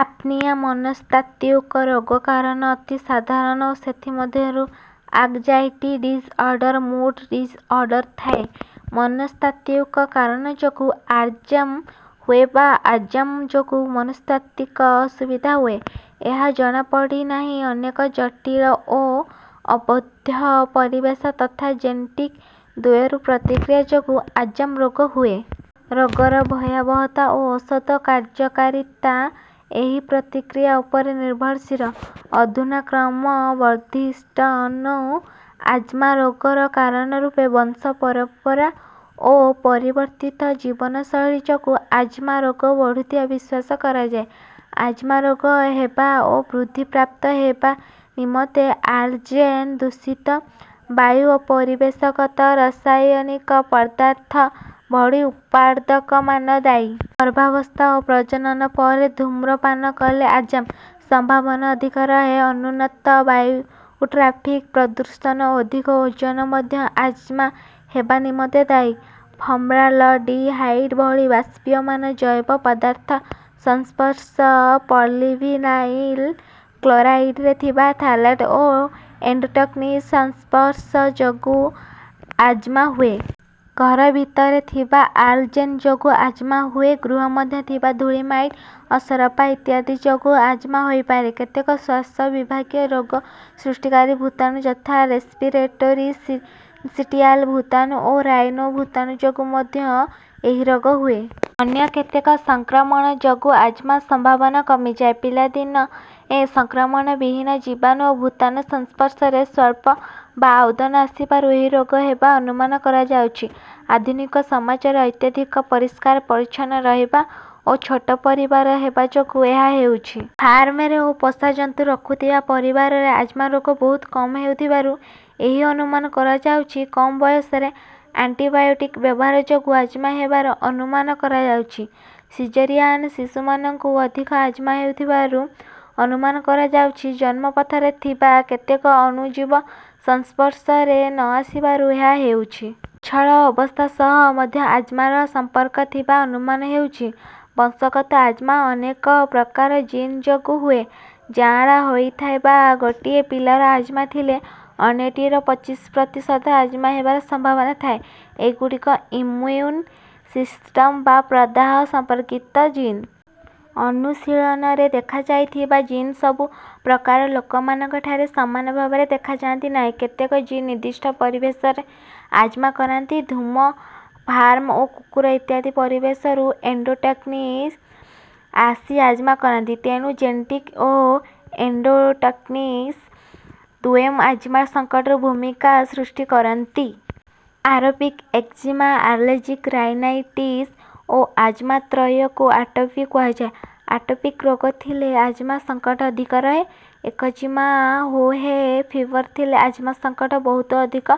Apnoea. ମନସ୍ତାତ୍ୱିକ ରୋଗ କାରଣ ଅତି ସାଧାରଣ ଓ ସେଥି ମଧ୍ୟରୁ ଆଙ୍ଗଜାଇଟି ଡିଜ୍ଅର୍ଡର, ମୁଡ ଡିଜ୍ଅର୍ଡର ଥାଏ। ମନସ୍ତାତ୍ୱିକ କାରଣ ଯୋଗୁ ଆଜ୍ମା ହୁଏ ବା ଆଜ୍ମା ଯୋଗୁ ମନସ୍ତାତ୍ୱିକ ଅସୁବିଧା ହୁଏ, ଏହା ଜଣା ପଡ଼ିନାହିଁ। ଅନେକ ଜଟୀଳ ଓ ଅବୋଧ୍ୟ ପରିବେଶ ତଥା ଜେନେଟିକ ଦ୍ୱୟର ପ୍ରତିକ୍ରିୟା ଯୋଗୁ ଆଜ୍ମା ରୋଗ ହୁଏ। ରୋଗର ଭୟାବହତା ଓ ଔଷଧ କାର୍ଯ୍ୟକାରୀତା ଏହି ପ୍ରତିକ୍ରିୟା ଉପରେ ନିର୍ଭରଶୀଳ। ଅଧୁନା କ୍ରମ ବର୍ଦ୍ଧିଷ୍ଣ୍ଣୁ ଆଜ୍ମା ରୋଗର କାରଣ ରୂପେ ବଂଶ ପରମ୍ପରା ଓ ପରିବର୍ତ୍ତୀତ ଜୀବନ ଶୈଳୀ ଯୋଗୁ ଆଜ୍ମା ରୋଗ ବଢୁଥିବା ବିଶ୍ୱାସ କରାଯାଏ। ଆଜ୍ମା ରୋଗ ହେବା ଓ ବୃଦ୍ଧି ପ୍ରାପ୍ତ ହେବା ନିମନ୍ତେ ଆଲର୍ଜେନ୍, ଦୂଷିତ ବାୟୁ ଓ ପରିବେଶଗତ ରାସାୟନିକ ପଦାର୍ଥ ଭଳି ଉର୍ପାଦକମାନ ଦାୟୀ। ଗର୍ଭାବସ୍ଥା ଓ ପ୍ରଜନନ ପରେ ଧୂମ୍ରପାନ କଲେ ଆଜ୍ମା ସମ୍ଭାବନା ଅଧିକ ରହେ। ଅନୁନ୍ନତ ବାୟୁ, ଟ୍ରାଫିକ ପ୍ରଦୂଷଣ ଓ ଅଧିକ ଓଜୋନ ମଧ୍ୟ ଆଜ୍ମା ହେବା ନିମନ୍ତେ ଦାୟୀ। ଫର୍ମାଲଡିହାଇଡ ଭଳି ବାଷ୍ପୀୟମାନ ଜୈବ ପଦାର୍ଥ ସଂସ୍ପର୍ଷ, ପଲିଭିନାଇଲ୍ କ୍ଲୋରାଇଡରେ ଥିବା ଥାଲେଟ ଓ ଏଣ୍ଡୋଟକ୍ସିନ ସଂସ୍ପର୍ଷ ଯୋଗୁ ଆଜ୍ମା ହୁଏ। ଘର ଭିତରେ ଥିବା ଆଲର୍ଜେନ ଯୋଗୁ ଆଜ୍ମା ହୁଏ ଗୃହ ମଧ୍ୟରେ ଥିବା ଧୂଳି ମାଇଟ୍, ଅସରପା ଇତ୍ୟାଦି ଯୋଗୁ ଆଜ୍ମା ହୋଇପାରେ। କେତେକ ଶ୍ୱାସ ବିଭାଗୀୟ ରୋଗ ସୃଷ୍ଟିକାରୀ ଭୁତାଣୁ ଯଥା ରେସ୍ପିରେଟୋରି ସିନ୍ସିଟିଆଲ୍ ଭୁତାଣୁ ଓ ରାଇନୋ ଭୁତାଣ ଯୋଗୁ ମଧ୍ୟ ଏହି ରୋଗ ହୁଏ। ଅନ୍ୟ କେତେକ ସଂକ୍ରମଣ ଯୋଗୁ ଆଜ୍ମା ସମ୍ଭାବନା କମିଯାଏ। ପିଲାଦିନେ ସଂକ୍ରମଣ ବିହୀନ ଜୀବାଣୁ ଓ ଭୁତାଣୁ ସଂସ୍ପର୍ଶରେ ସ୍ୱଳ୍ପ ବା ଆଦୌ ନ ଆସିବାରୁ ଏହି ରୋଗ ହେବା ଅନୁମାନ କରାଯାଉଛି। ଆଧୁନିକ ସମାଜରେ ଅତ୍ୟଧିକ ପରିଷ୍କାର ପରିଚ୍ଛନ୍ନ ରହିବା ଓ ଛୋଟ ପରିବାର ହେବା ଯୋଗୁ ଏହା ହେଉଛି। ଫାର୍ମରେ ଓ ପୋଷା ଜନ୍ତୁ ରଖୁଥିବା ପରିବାରରେ ଆଜ୍ମା ରୋଗ ବହୁତ କମ ହେଉଥିବାରୁ ଏହି ଅନୁମାନ କରାଯାଉଛି। କମ ବୟସରେ ଆଣ୍ଟିବାୟୋଟିକ ବ୍ୟବହାର ଯୋଗୁ ଆଜ୍ମା ହେବାର ଅନୁମାନ କରାଯାଉଛି। ସିଜରିଆନ ଶିଶୁମାନଙ୍କୁ ଅଧିକ ଆଜ୍ମା ହେଉଥିବାରୁ ଅନୁମାନ କରାଯାଉଛି। ଜନ୍ମ ପଥରେ ଥିବା କେତେକ ଅଣୁଜୀବ ସଂସ୍ପର୍ଷରେ ନ ଆସିବାରୁ ଏହା ହେଉଛି। ସ୍ୱଚ୍ଛଳ ଅବସ୍ଥା ସହ ମଧ୍ୟ ଆଜ୍ମାର ସଂମ୍ପର୍କ ଥିବା ଅନୁମାନ ହେଉଛି। ବଂଶଗତ ଆଜ୍ମା ଅନେକ ପ୍ରକାର ଜୀନ ଯୋଗୁ ହୁଏ। ଯାଆଁଳା ହୋଇଥିବା ଗୋଟିଏ ପିଲାର ଆଜ୍ମା ଥିଲେ ଅନ୍ୟଟିର ପଚିଶି ପ୍ରତିଶତ ଆଜ୍ମା ହେବା ସମ୍ଭାବନା ଥାଏ। ଏଗୁଡିକ ଇମ୍ମୁନ ସିସ୍ଟମ ବା ପ୍ରଦାହ ସମ୍ପର୍କିତ ଜୀନ। ଅନୁଶୀଳନରେ ଦେଖାଯାଇଥିବା ଜୀନ ସବୁ ପ୍ରକାର ଲୋକମାନଙ୍କଠାରେ ସମାନ ଭାବରେ ଦେଖାଯାଆନ୍ତି ନାହିଁ। କେତେକ ଜୀନ ନିର୍ଦ୍ଦିଷ୍ଟ ପରିବେଶରେ ଆଜ୍ମା କରାନ୍ତି। ଧୂମ, ଫାର୍ମ ଓ କୁକୁର ଇତ୍ୟାଦି ପରିବେଶରୁ ଏଣ୍ଡୋଟକ୍ସିନ ଆସି ଆଜ୍ମା କରାନ୍ତି। ତେଣୁ ଜେନେଟିକ ଓ ଏଣ୍ଡୋଟକ୍ସିନ ଦ୍ୱୟ ଆଜ୍ମା ସଙ୍କଟର ଭୁମିକା ସୃଷ୍ଟି କରନ୍ତି। ଆଟୋପିକ ଏକ୍ଜିମା, ଆଲର୍ଜିକ ରାଇନାଇଟିସ ଓ ଆଜ୍ମା ତ୍ରୟକୁ ଆଟୋପି କୁହାଯାଏ। ଆଟୋପିକ ରୋଗ ଥିଲେ ଆଜ୍ମା ସଙ୍କଟ ଅଧିକ ରହେ। ଏକଜିମା ଓ ହେ ଫିଭର ଥିଲେ ଆଜ୍ମା ସଙ୍କଟ ବହୁତ ଅଧିକ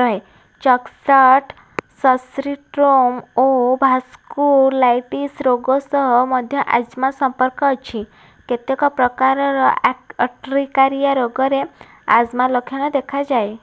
ରହେ। ଚଗ ସ୍ଟ୍ରସସିଣ୍ଡ୍ରୋମ ଓ ଭାସ୍କୁଲାଇଟିସ ରୋଗ ସହ ମଧ୍ୟ ଆଜ୍ମା ସମ୍ପର୍କ ଅଛି। କେତେକ ପ୍ରକାରାର ଅର୍ଟିକାରିଆ ରୋଗରେ ଆଜ୍ମା ଲକ୍ଷଣ ଦେଖାଯାଏ।